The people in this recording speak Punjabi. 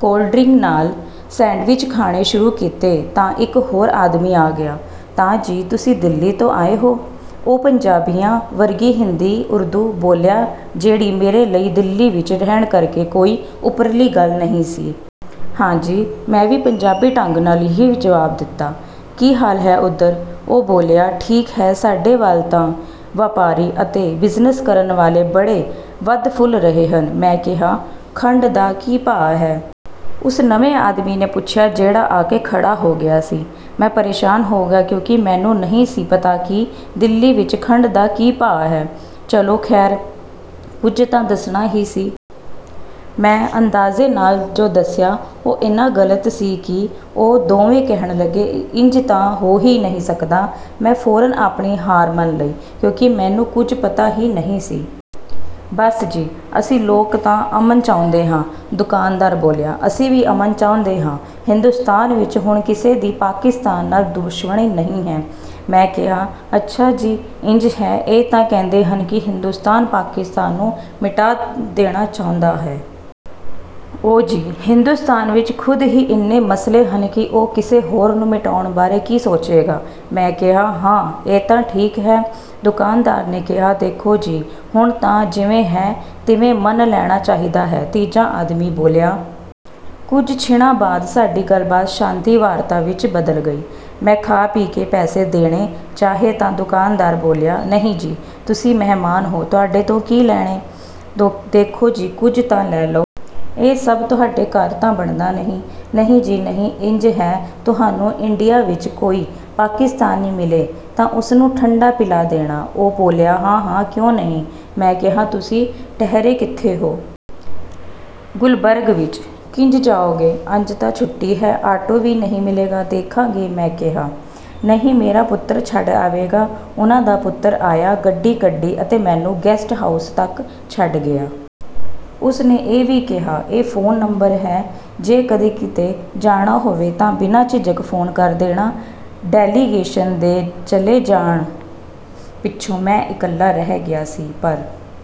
ਕੋਲਡ ਡ੍ਰਿੰਕ ਨਾਲ ਸੈਂਡਵਿਚ ਖਾਣੇ ਸ਼ੁਰੂ ਕੀਤੇ ਤਾਂ ਇੱਕ ਹੋਰ ਆਦਮੀ ਆ ਗਿਆ। "ਤਾਂ ਜੀ, ਤੁਸੀਂ ਦਿੱਲੀ ਤੋਂ ਆਏ ਹੋ?" ਉਹ ਪੰਜਾਬੀਆਂ ਵਰਗੀ ਹਿੰਦੀ-ਉਰਦੂ ਬੋਲਿਆ, ਜਿਹੜੀ ਮੇਰੇ ਲਈ ਦਿੱਲੀ ਵਿੱਚ ਰਹਿਣ ਕਰਕੇ ਕੋਈ ਓਪਰੀ ਗੱਲ ਨਹੀਂ ਸੀ। "ਹਾਂ ਜੀ," ਮੈਂ ਵੀ ਪੰਜਾਬੀ ਢੰਗ ਨਾਲ ਹੀ ਜਵਾਬ ਦਿੱਤਾ। "ਕੀ ਹਾਲ ਹੈ ਉੱਧਰ?" ਉਹ ਬੋਲਿਆ। "ਠੀਕ ਹੈ... ਸਾਡੇ ਵੱਲ ਤਾਂ ਵਪਾਰੀ ਅਤੇ ਬਿਜ਼ਨਸ ਕਰਨ ਵਾਲੇ ਬੜੇ ਵਧ-ਫੁੱਲ ਰਹੇ ਹਨ," ਮੈਂ ਕਿਹਾ। "ਖੰਡ ਦਾ ਕੀ ਭਾਅ ਹੈ?" ਉਸ ਨਵੇਂ ਆਦਮੀ ਨੇ ਪੁੱਛਿਆ ਜਿਹੜਾ ਆ ਕੇ ਖੜ੍ਹਾ ਹੋ ਗਿਆ ਸੀ। ਮੈਂ ਪਰੇਸ਼ਾਨ ਹੋ ਗਿਆ ਕਿਉਂਕਿ ਮੈਨੂੰ ਨਹੀਂ ਸੀ ਪਤਾ ਕਿ ਦਿੱਲੀ ਵਿੱਚ ਖੰਡ ਦਾ ਕੀ ਭਾਅ ਹੈ। ਚਲੋ ਖ਼ੈਰ, ਕੁਝ ਤਾਂ ਦੱਸਣਾ ਹੀ ਸੀ। ਮੈਂ ਅੰਦਾਜ਼ੇ ਨਾਲ ਜੋ ਦੱਸਿਆ, ਉਹ ਇੰਨਾ ਗ਼ਲਤ ਸੀ ਕਿ ਉਹ ਦੋਵੇਂ ਕਹਿਣ ਲੱਗੇ, "ਇੰਜ ਤਾਂ ਹੋ ਹੀ ਨਹੀਂ ਸਕਦਾ।" ਮੈਂ ਫ਼ੌਰਨ ਆਪਣੀ ਹਾਰ ਮੰਨ ਲਈ ਕਿਉਂਕਿ ਮੈਨੂੰ ਕੁਝ ਪਤਾ ਹੀ ਨਹੀਂ ਸੀ। "ਬੱਸ ਜੀ, ਅਸੀਂ ਲੋਕ ਤਾਂ ਅਮਨ ਚਾਹੁੰਦੇ ਹਾਂ," ਦੁਕਾਨਦਾਰ ਬੋਲਿਆ। "ਅਸੀਂ ਵੀ ਅਮਨ ਚਾਹੁੰਦੇ ਹਾਂ... ਹਿੰਦੁਸਤਾਨ ਵਿੱਚ ਹੁਣ ਕਿਸੇ ਦੀ ਪਾਕਿਸਤਾਨ ਨਾਲ ਦੁਸ਼ਮਣੀ ਨਹੀਂ ਹੈ," ਮੈਂ ਕਿਹਾ। "ਅੱਛਾ ਜੀ... ਇੰਜ ਹੈ? ਇਹ ਤਾਂ ਕਹਿੰਦੇ ਹਨ ਕਿ ਹਿੰਦੁਸਤਾਨ ਪਾਕਿਸਤਾਨ ਨੂੰ ਮਿਟਾ ਦੇਣਾ ਚਾਹੁੰਦਾ ਹੈ।" "ਓ ਜੀ, ਹਿੰਦੁਸਤਾਨ ਵਿੱਚ ਖ਼ੁਦ ਹੀ ਇੰਨੇ ਮਸਲੇ ਹਨ ਕਿ ਉਹ ਕਿਸੇ ਹੋਰ ਨੂੰ ਮਿਟਾਉਣ ਬਾਰੇ ਕੀ ਸੋਚੇਗਾ!" ਮੈਂ ਕਿਹਾ। "ਹਾਂ, ਇਹ ਤਾਂ ਠੀਕ ਹੈ," ਦੁਕਾਨਦਾਰ ਨੇ ਕਿਹਾ। "ਦੇਖੋ ਜੀ, ਹੁਣ ਤਾਂ ਜਿਵੇਂ ਹੈ, ਤਿਵੇਂ ਮੰਨ ਲੈਣਾ ਚਾਹੀਦਾ ਹੈ," ਤੀਜਾ ਆਦਮੀ ਬੋਲਿਆ। ਕੁਝ ਛਿਣਾਂ ਬਾਅਦ ਸਾਡੀ ਗੱਲਬਾਤ ਸ਼ਾਂਤੀ-ਵਾਰਤਾ ਵਿੱਚ ਬਦਲ ਗਈ। ਮੈਂ ਖਾ-ਪੀ ਕੇ ਪੈਸੇ ਦੇਣੇ ਚਾਹੇ ਤਾਂ ਦੁਕਾਨਦਾਰ ਬੋਲਿਆ, "ਨਹੀਂ ਜੀ, ਤੁਸੀਂ ਮਹਿਮਾਨ ਹੋ... ਤੁਹਾਡੇ ਤੋਂ ਕੀ ਲੈਣੇ!" "ਦੇਖੋ ਜੀ, ਕੁਝ ਤਾਂ ਲੈ ਲਓ। ਇਹ ਸਭ ਤੁਹਾਡੇ ਘਰ ਤਾਂ ਬਣਦਾ ਨਹੀਂ।" "ਨਹੀਂ ਜੀ ਨਹੀਂ... ਇੰਜ ਹੈ, ਤੁਹਾਨੂੰ ਇੰਡੀਆ ਵਿੱਚ ਕੋਈ ਪਾਕਿਸਤਾਨੀ ਮਿਲੇ ਤਾਂ ਉਸ ਨੂੰ 'ਠੰਢਾ' ਪਿਲਾ ਦੇਣਾ," ਉਹ ਬੋਲਿਆ। "ਹਾਂ-ਹਾਂ, ਕਿਉਂ ਨਹੀਂ!" ਮੈਂ ਕਿਹਾ। "ਤੁਸੀਂ ਠਹਿਰੇ ਕਿੱਥੇ ਹੋ?" "ਗੁਲਬਰਗ ਵਿੱਚ..." "ਕਿੰਜ ਜਾਓਗੇ? ਅੱਜ ਤਾਂ ਛੁੱਟੀ ਹੈ, ਆਟੋ ਵੀ ਨਹੀਂ ਮਿਲੇਗਾ।" "ਦੇਖਾਂਗੇ," ਮੈਂ ਕਿਹਾ। "ਨਹੀਂ... ਮੇਰਾ ਪੁੱਤਰ ਛੱਡ ਆਵੇਗਾ।" ਉਹਨਾਂ ਦਾ ਪੁੱਤਰ ਆਇਆ, ਗੱਡੀ ਕੱਢੀ ਅਤੇ ਮੈਨੂੰ ਗੈਸਟ ਹਾਊਸ ਤੱਕ ਛੱਡ ਗਿਆ। ਉਸ ਨੇ ਇਹ ਵੀ ਕਿਹਾ, "ਇਹ ਫ਼ੋਨ ਨੰਬਰ ਹੈ, ਜੇ ਕਦੇ ਕਿਤੇ ਜਾਣਾ ਹੋਵੇ ਤਾਂ ਬਿਨਾਂ ਝਿਜਕ ਫ਼ੋਨ ਕਰ ਦੇਣਾ।" ਡੈਲੀਗੇਸ਼ਨ ਦੇ ਚਲੇ ਜਾਣ ਪਿੱਛੋਂ ਮੈਂ ਇਕੱਲਾ ਰਹਿ ਗਿਆ ਸੀ, ਪਰ